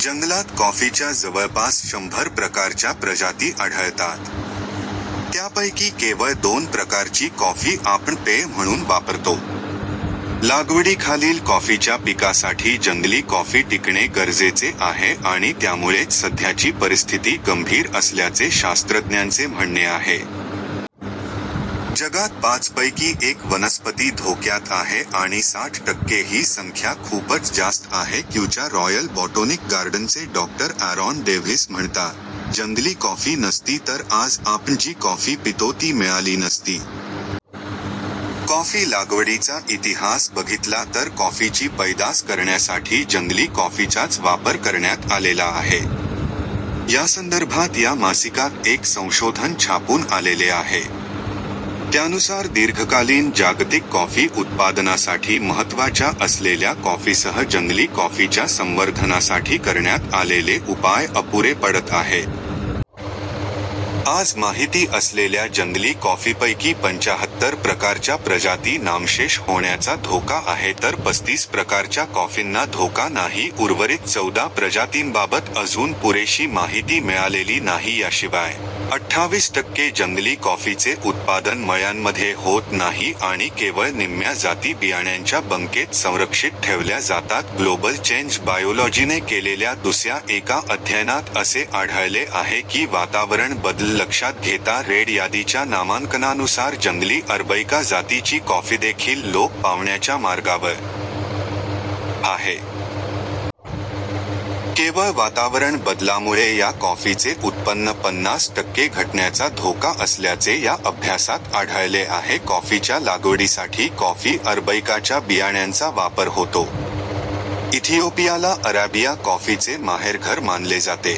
जंगलात कॉफीच्या जवळपास शंभर प्रकारच्या प्रजाती आढळतात. त्यापैकी केवळ दोन प्रकारची कॉफी आपण पेय म्हणून वापरतो. लागवडीखालील कॉफीच्या पिकासाठी जंगली कॉफी टिकणे गरजेचे आहे आणि त्यामुळेच सध्याची परिस्थिती गंभीर असल्याचे शास्त्रज्ञांचे म्हणणे आहे. जगात पाचपैकी एक वनस्पती धोक्यात आहे आणि साठ टक्के ही संख्या खूपच जास्त आहे क्यूच्या रॉयल बॉटोनिक गार्डनचे डॉ. ॲरॉन डेव्हिस म्हणतात, जंगली कॉफी नसती तर आज आपण जी कॉफी पितो ती मिळाली नसती. कॉफी लागवडीचा इतिहास बघितला तर कॉफीची पैदास करण्यासाठी जंगली कॉफीचाच वापर करण्यात आलेला आहे. यासंदर्भात या मासिकात एक संशोधन छापून आलेले आहे. त्यानुसार दीर्घकालीन जागतिक कॉफी उत्पादनासाठी महत्त्वाच्या असलेल्या कॉफीसह जंगली कॉफीच्या संवर्धनासाठी करण्यात आलेले उपाय अपुरे पडत आहेत. आज माहिती असलेल्या जंगली कॉफीपैकी पंच्याहत्तर प्रकारच्या प्रजाती नामशेष होण्याचा धोका आहे तर पस्तीस प्रकारच्या कॉफींना धोका नाही उर्वरित चौदा प्रजातींबाबत अजून पुरेशी माहिती मिळालेली नाही याशिवाय, अठ्ठावीस टक्के जंगली कॉफीचे उत्पादन मळ्यांमध्ये होत नाही आणि केवळ निम्म्या जाती बियाण्यांच्या बँकेत संरक्षित ठेवल्या जातात ग्लोबल चेंज बायोलॉजीने केलेल्या दुसऱ्या एका अध्ययनात असे आढळले आहे की वातावरण बदल लक्षात घेता रेड यादीच्या नामांकनानुसार जंगली अरॅबिका जातीची कॉफीदेखील लोप पावण्याच्या मार्गावर आहे. केवळ वातावरण बदलामुळे या कॉफीचे उत्पन्न पन्नास टक्के घटण्याचा धोका असल्याचे या अभ्यासात आढळले आहे कॉफीच्या लागवडीसाठी कॉफी अरॅबिकाच्या बियाण्यांचा वापर होतो. इथियोपियाला अरॅबिया कॉफीचे माहेरघर मानले जाते.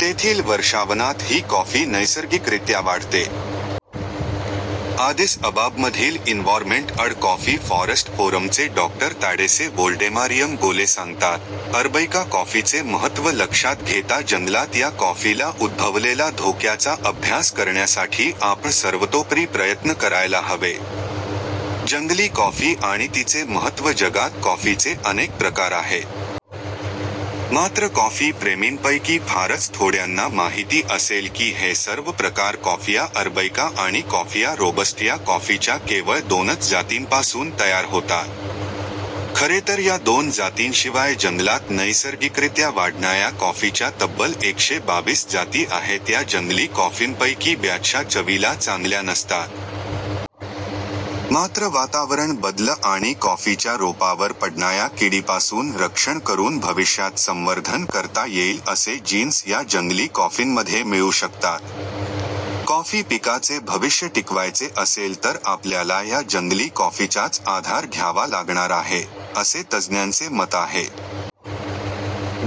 तेथील वर्षावनात ही कॉफी नैसर्गिकरित्या वाढते. आदिस अबाबमधील इन्वॉरमेंट अँड कॉफी फॉरेस्ट फोरमचे डॉ. तॅडेसे वोल्डेमारियम गोले सांगतात, अरॅबिका कॉफीचे महत्त्व लक्षात घेता जंगलात या कॉफीला उद्भवलेला धोक्याचा अभ्यास करण्यासाठी आपण सर्वतोपरी प्रयत्न करायला हवे. जंगली कॉफी आणि तिचे महत्त्व जगात कॉफीचे अनेक प्रकार आहेत. मात्र कॉफी प्रेमींपैकी फारच थोड्यांना माहिती असेल की हे सर्व प्रकार कॉफिया अरॅबिका आणि कॉफिया रोबस्ट या कॉफीच्या केवळ दोनच जातींपासून तयार होतात. खरेतर या दोन जातींशिवाय जंगलात नैसर्गिकरित्या वाढणाऱ्या कॉफीच्या तब्बल एकशे बावीस जाती आहेत या जंगली कॉफींपैकी बऱ्याचशा चवीला चांगल्या नसतात. मात्र वातावरण बदल आणि कॉफीच्या रोपावर पडणाऱ्या किडीपासून रक्षण करून भविष्यात संवर्धन करता येईल असे जीन्स या जंगली कॉफींमध्ये मिळू शकतात. कॉफी पिकाचे भविष्य टिकवायचे असेल तर आपल्याला या जंगली कॉफीचाच आधार घ्यावा लागणार आहे, असे तज्ज्ञांचे मत आहे.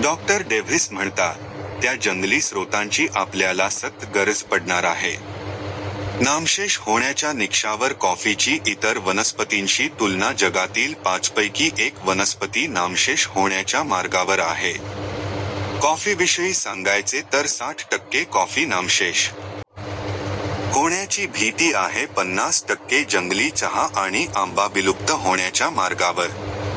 डॉ. डेव्हिस म्हणतात, त्या जंगली स्रोतांची आपल्याला सतत गरज पडणार आहे. नामशेष होण्याच्या निकषावर कॉफीची इतर वनस्पतींशी तुलना जगातील पाचपैकी एक वनस्पती नामशेष होण्याच्या मार्गावर आहे. कॉफीविषयी सांगायचे तर साठ टक्के कॉफी नामशेष होण्याची भीती आहे पन्नास टक्के जंगली चहा आणि आंबा विलुप्त होण्याच्या मार्गावर